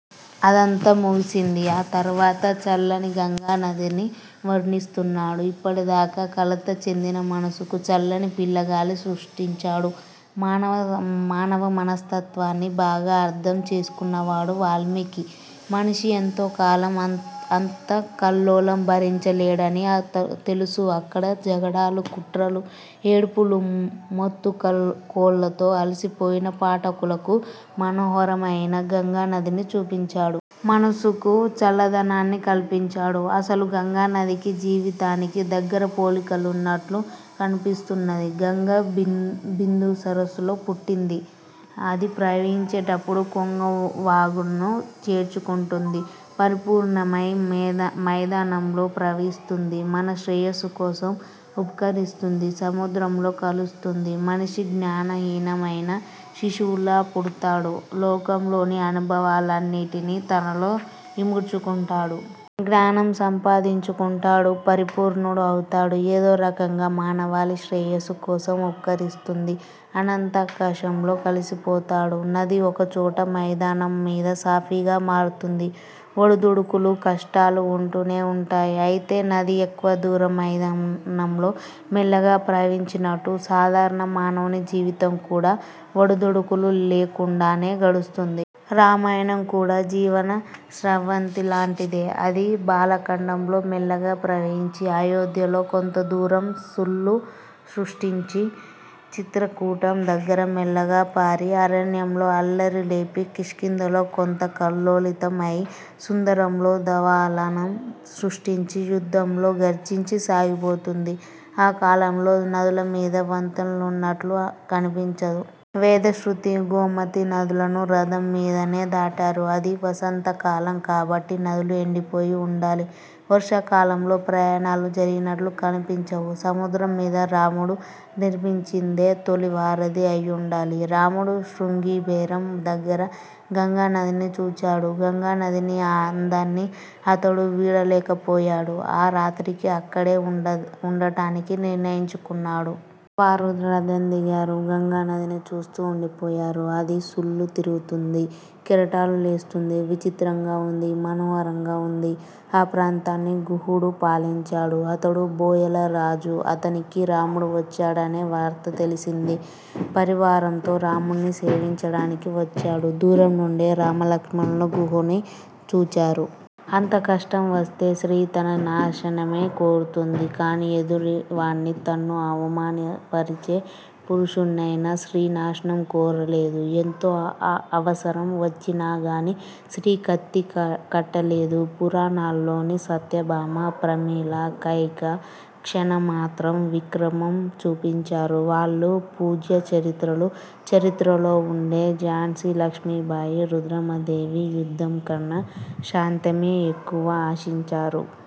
అదంతా ముగిసింది. ఆ తరువాత చల్లని గంగానదిని వర్ణిస్తున్నాడు. ఇప్పటిదాక కలత చెందిన మనసుకు చల్లని పిల్లగాలి సృష్టించాడు. మానవ మనస్తత్వాన్ని బాగా అర్థం చేసుకున్నవాడు వాల్మీకి. మనిషి ఎంతోకాలం అంత కల్లోలం భరించలేడని తెలుసు అక్కడ జగడాలు, కుట్రలు, ఏడ్పులు, మొత్తుకోళ్లతో అలసిపోయిన పాఠకులకు మనోహరం అయిన గంగానదిని చూపించాడు. మనసుకు చల్లదనాన్ని కల్పించాడు. అసలు గంగానదికీ జీవితానికీ దగ్గరి పోలికలున్నట్లు కనిపిస్తున్నది. గంగ బిందుసరస్సులో పుట్టింది. అది ప్రవహించేప్పుడు కొండవాగులను చేర్చుకుంటుంది. పరిపూర్ణమై మైదానంలో ప్రవహిస్తుంది. మన శ్రేయస్సుకోసం ఉపకరిస్తుంది. సముద్రంలో కలుస్తుంది. మనిషి జ్ఞానహీనం అయిన శిశువులా పుడ్తాడు. లోకంలోని అనుభవాలన్నింటిని తనలో ఇముడ్చుకుంటాడు. జ్ఞానం సంపాదించుకుంటాడు. పరిపూర్ణుడు అవుతాడు. ఏదోరకంగా మానవాళి శ్రేయస్సు కోసం ఉపకరిస్తుంది. అనంతాకాశంలో కలిసిపోతాడు. నది ఒకచోట మైదానం మీద సాఫీగా పారుతుంది. ఒడుదుడుకులూ, కష్టాలూ ఉంటూనే ఉంటాయి. అయితే నది ఎక్కువ దూరం మైదానంలో మెల్లగా ప్రవహించినట్టు సాధారణ మానవుని జీవితం కూడ ఒడుదుడుకులు లేకుండానే గడుస్తుంది. రామాయణం కూడా జీవన స్రవంతిలాంటిదే. అది బాలకాండలో మెల్లగా ప్రవహించి, అయోధ్యలో కొంతదూరం సుళ్ళు సృష్టించి, చిత్రకూటం దగ్గర మెల్లగా పారి, అరణ్యంలో అల్లరి లేపి కిష్కింధలో కొంత కల్లోలితం అయి, సుందరంలో దవాలనం సృష్టించి, యుద్ధంలో గర్జించి సాగిపోతుంది. ఆ కాలంలో నదులమీద వంతెనలున్నట్లు కనిపించదు. వేదశృతి, గోమతి నదులను రథం మీదనే దాటారు. అది వసంతకాలం కాబట్టి నదులు ఎండిపోయి ఉండాలి. వర్షాకాలంలో ప్రయాణాలు జరిగినట్లు కనిపించవు. సముద్రం మీద రాముడు నిర్మించిందే తొలి వారధి అయ్యుండాలి. రాముడు శృంగిబేరం దగ్గర గంగానదిని చూచాడు. గంగానదిని అందాన్ని అతడు వీడలేకపోయాడు. ఆరాత్రికి అక్కడే ఉండటానికి నిర్ణయించుకున్నాడు. వారు రథం దిగారు. గంగానదిని చూస్తూ ఉండిపోయారు. అది సుళ్ళు తిరుగుతూంది, కెరటాలు లేస్తూంది. విచిత్రంగా ఉంది. మనోహరంగా ఉంది. ఆ ప్రాంతాన్ని గుహుడు పాలించాడు. అతడు బోయలరాజు. అతనికి రాముడు వచ్చాడనే వార్త తెలిసింది. పరివారంతో రాముని సేవించడానికి వచ్చాడు. దూరంనుండే రామలక్ష్మణులు గుహుని చూచారు. అంత కష్టం వస్తే స్త్రీ తన నాశనమే కోరుతుంది. కాని ఎదుటివాణ్ణి తన్ను అవమానపరచే పురుషుణ్ణయినా, స్త్రీ నాశనం కోరలేదు. ఎంతో అవసరం వచ్చినాగాని స్త్రీ కత్తికట్టలేదు. పూరాణాల్లోని సత్యభామ, ప్రమీల, కైక క్షణమాత్రం విక్రమం చూపించారు. వాళ్ళు పూజ్య చరిత్రలు. చరిత్రలో ఉండే ఝాన్సీలక్ష్మీబాయి, రుద్రమదేవి యుద్ధంకన్న శాంతమే యెక్కువ ఆశించారు.